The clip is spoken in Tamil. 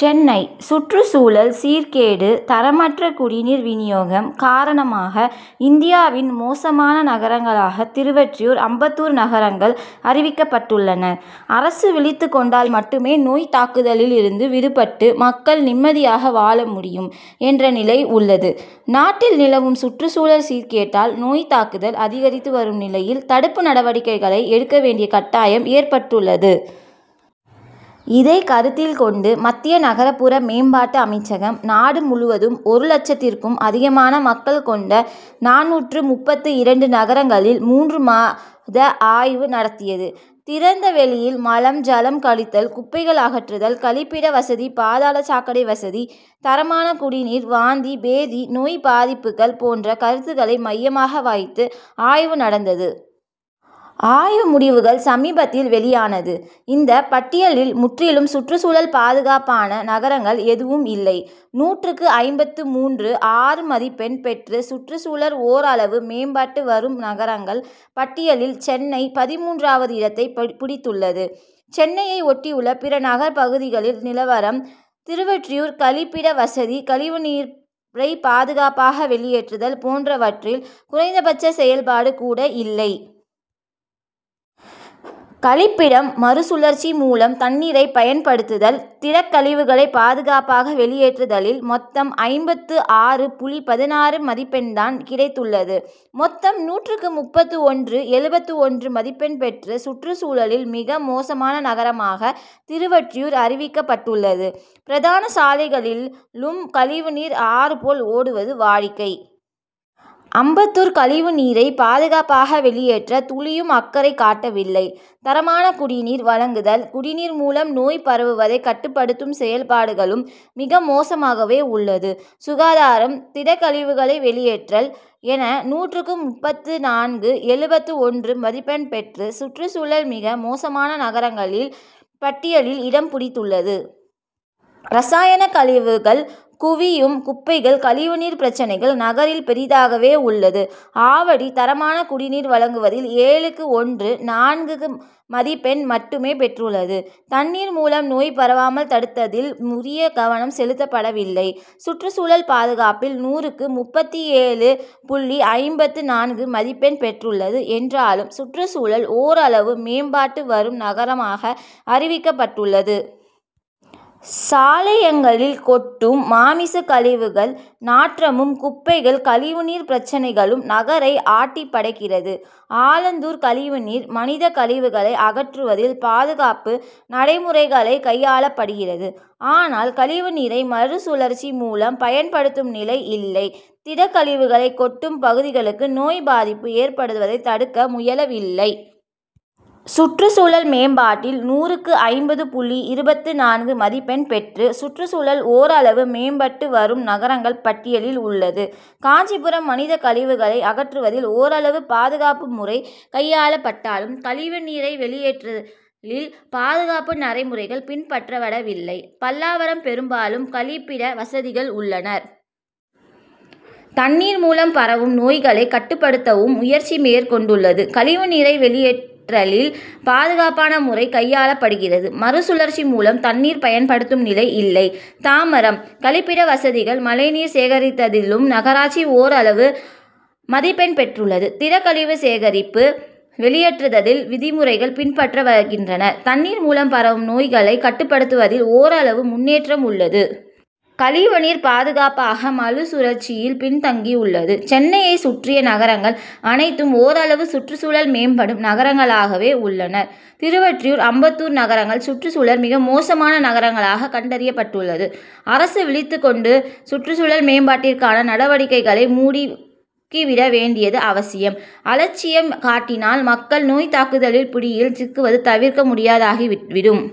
சென்னை: சுற்றுச்சூழல் சீர்கேடு, தரமற்ற குடிநீர் விநியோகம் காரணமாக இந்தியாவின் மோசமான நகரங்களாக திருவொற்றியூர், அம்பத்தூர் நகரங்கள் அறிவிக்கப்பட்டுள்ளன. அரசு விழித்துக் கொண்டால் மட்டுமே நோய் தாக்குதலில் இருந்து விடுபட்டு, மக்கள் நிம்மதியாக வாழ முடியும் என்ற நிலை உள்ளது. நாட்டில் நிலவும் சுற்றுச்சூழல் சீர்கேட்டால் நோய் தாக்குதல் அதிகரித்து வரும் நிலையில், தடுப்பு நடவடிக்கைகளை எடுக்க வேண்டிய கட்டாயம் ஏற்பட்டுள்ளது. இதைக் கருத்தில் கொண்டு, மத்திய நகர்புற மேம்பாட்டு அமைச்சகம், நாடு முழுவதும் ஒரு லட்சத்திற்கும் அதிகமான மக்கள் கொண்ட, நானூற்று முப்பத்து இரண்டு நகரங்களில் மூன்று மாத ஆய்வு நடத்தியது. திறந்த வெளியில் மலம், ஜலம் கழித்தல், குப்பைகள் அகற்றுதல், கழிப்பிட வசதி, பாதாள சாக்கடை வசதி, தரமான குடிநீர், வாந்தி, பேதி நோய் பாதிப்புக்கள் போன்ற கருத்துக்களை மையமாக வைத்து ஆய்வு நடந்தது. ஆய்வு முடிவுகள் சமீபத்தில் வெளியானது. இந்த பட்டியலில் முற்றிலும் சுற்றுச்சூழல் பாதுகாப்பான நகரங்கள் எதுவும் இல்லை. நூற்றுக்கு ஐம்பத்து மூன்று.ஆறு மதிப்பெண் பெற்று, சுற்றுச்சூழல் ஓரளவு மேம்பட்டு வரும் நகரங்கள் பட்டியலில் சென்னை பதின்மூன்றாவது இடத்தைப் பிடித்துள்ளது. சென்னையை ஒட்டியுள்ள பிற நகர் பகுதிகள் நிலவரம்: திருவொற்றியூர் கழிப்பிட வசதி, கழிவுநீரை பாதுகாப்பாக வெளியேற்றுதல் போன்றவற்றில் குறைந்தபட்ச செயல்பாடு கூட இல்லை. கழிப்பிடம், மறுசுழற்சி மூலம் தண்ணீரை பயன்படுத்தல், திடக்கழிவுகளை பாதுகாப்பாக வெளியேற்றுதலில் மொத்தம் ஐம்பதுக்கு ஆறு புள்ளி பதினாறு மதிப்பெண்தான் கிடைத்துள்ளது. மொத்தம் நூற்றுக்கு முப்பத்து ஒன்று.எழுபத்து ஒன்று மதிப்பெண் பெற்று சுற்றுச்சூழலில் மிக மோசமான நகரமாக திருவொற்றியூர் அறிவிக்கப்பட்டுள்ளது. பிரதான சாலைகளிலும் கழிவுநீர் ஆறுபோல் ஓடுவது வாடிக்கை. அம்பத்தூர் கழிவுநீரை பாதுகாப்பாக வெளியேற்ற துளியும் அக்கறை காட்டவில்லை. தரமான குடிநீர் வழங்குதல், குடிநீர் மூலம் நோய் பரவுவதைக் கட்டுப்படுத்தும் செயல்பாடுகளும் மிக மோசமாகவே உள்ளது. சுகாதாரம், திடக்கழிவுகளை வெளியேற்றல் என நூற்றுக்கு முப்பத்து நான்கு.எழுபத்து ஒன்று மதிப்பெண் பெற்று, சுற்றுச்சூழல் மிக மோசமான நகரங்களின் பட்டியலில் இடம்பிடித்துள்ளது. ரசாயனக் கழிவுகள், குவியும் குப்பைகள், கழிவுநீர் பிரச்னைகள் நகரில் பெரிதாகவே உள்ளது. ஆவடி தரமான குடிநீர் வழங்குவதில் ஏழுக்கு ஒன்று.நான்கு மதிப்பெண் மட்டுமே பெற்றுள்ளது. தண்ணீர் மூலம் நோய் பரவாமல் தடுத்தலில் உரிய கவனம் செலுத்தப்படவில்லை. சுற்றுச்சூழல் பாதுகாப்பில் நூறுக்கு, முப்பத்து ஏழு புள்ளி ஐம்பத்து நான்கு மதிப்பெண் பெற்றுள்ளது என்றாலும், சுற்றுச்சூழல் ஓரளவு மேம்பாட்டு வரும் நகரமாக அறிவிக்கப்பட்டுள்ளது. சாலையோங்களில் கொட்டும் மாமிச கழிவுகள் நாற்றமும், குப்பைகள், கழிவுநீர் பிரச்னைகளும் நகரை ஆட்டிப்படைக்கிறது. ஆலந்தூர் கழிவுநீர், மனிதக் கழிவுகளை அகற்றுவதில் பாதுகாப்பு நடைமுறைகளைக் கையாளப்படுகிறது. ஆனால், கழிவுநீரை மறுசுழற்சி மூலம் பயன்படுத்தும் நிலை இல்லை. திடக்கழிவுகளை கொட்டும் பகுதிகளுக்கு நோய் பாதிப்பு ஏற்படுவதைத் தடுக்க முயலவில்லை. சுற்றுச்சூழல் மேம்பாட்டில் நூறுக்கு ஐம்பது புள்ளி இருபத்து நான்கு மதிப்பெண்கள் பெற்று, சுற்றுச்சூழல் ஓரளவு மேம்பட்டு வரும் நகரங்கள் பட்டியலில் உள்ளது. காஞ்சிபுரம் மனித கழிவுகளை அகற்றுவதில் ஓரளவு பாதுகாப்பு முறை கையாளப்பட்டாலும், கழிவுநீரை வெளியேற்றலில் பாதுகாப்பு நடைமுறைகள் பின்பற்றப்படவில்லை. பல்லாவரம் பெரும்பாலும் கழிப்பிட வசதிகள் உள்ளன. தண்ணீர் மூலம் பரவும் நோய்களைக் கட்டுப்படுத்தவும் முயற்சி மேற்கொண்டுள்ளது. கழிவுநீரை வெளியேற்றலில் பாதுகாப்பான முறை கையாளப்படுகிறது. மறுசுழற்சி மூலம் தண்ணீர் பயன்படுத்தும் நிலை இல்லை. தாம்பரம்:கழிப்பிட வசதிகள், மழைநீர் சேகரித்தலிலும் நகராட்சி ஓரளவு மதிப்பெண் பெற்றுள்ளது. திடக்கழிவு சேகரிப்பு, வெளியேற்றத்தில் விதிமுறைகள் பின்பற்றப்படுகின்றன. தண்ணீர் மூலம் பரவும் நோய்களை கட்டுப்படுத்துவதில் ஓரளவு முன்னேற்றம் உள்ளது. கழிவுநீர் பாதுகாப்பாக வெளியேற்றுதில், மறுசுழற்சியில் பின்தங்கியுள்ளது. சென்னையை சுற்றிய நகரங்கள் அனைத்தும் ஓரளவு சுற்றுச்சூழல் மேம்படும் நகரங்களாகவே உள்ளன. திருவொற்றியூர், அம்பத்தூர் நகரங்கள் சுற்றுச்சூழல் மிக மோசமான நகரங்களாக கண்டறியப்பட்டுள்ளது. அரசு விழித்துக் கொண்டு, சுற்றுச்சூழல் மேம்பாட்டிற்கான நடவடிக்கைகளை முடுக்கிவிட வேண்டியது அவசியம். அலட்சியம் காட்டினால், மக்கள் நோய் தாக்குதலின் பிடியில் சிக்குவது தவிர்க்க முடியாதாகிவிடும்.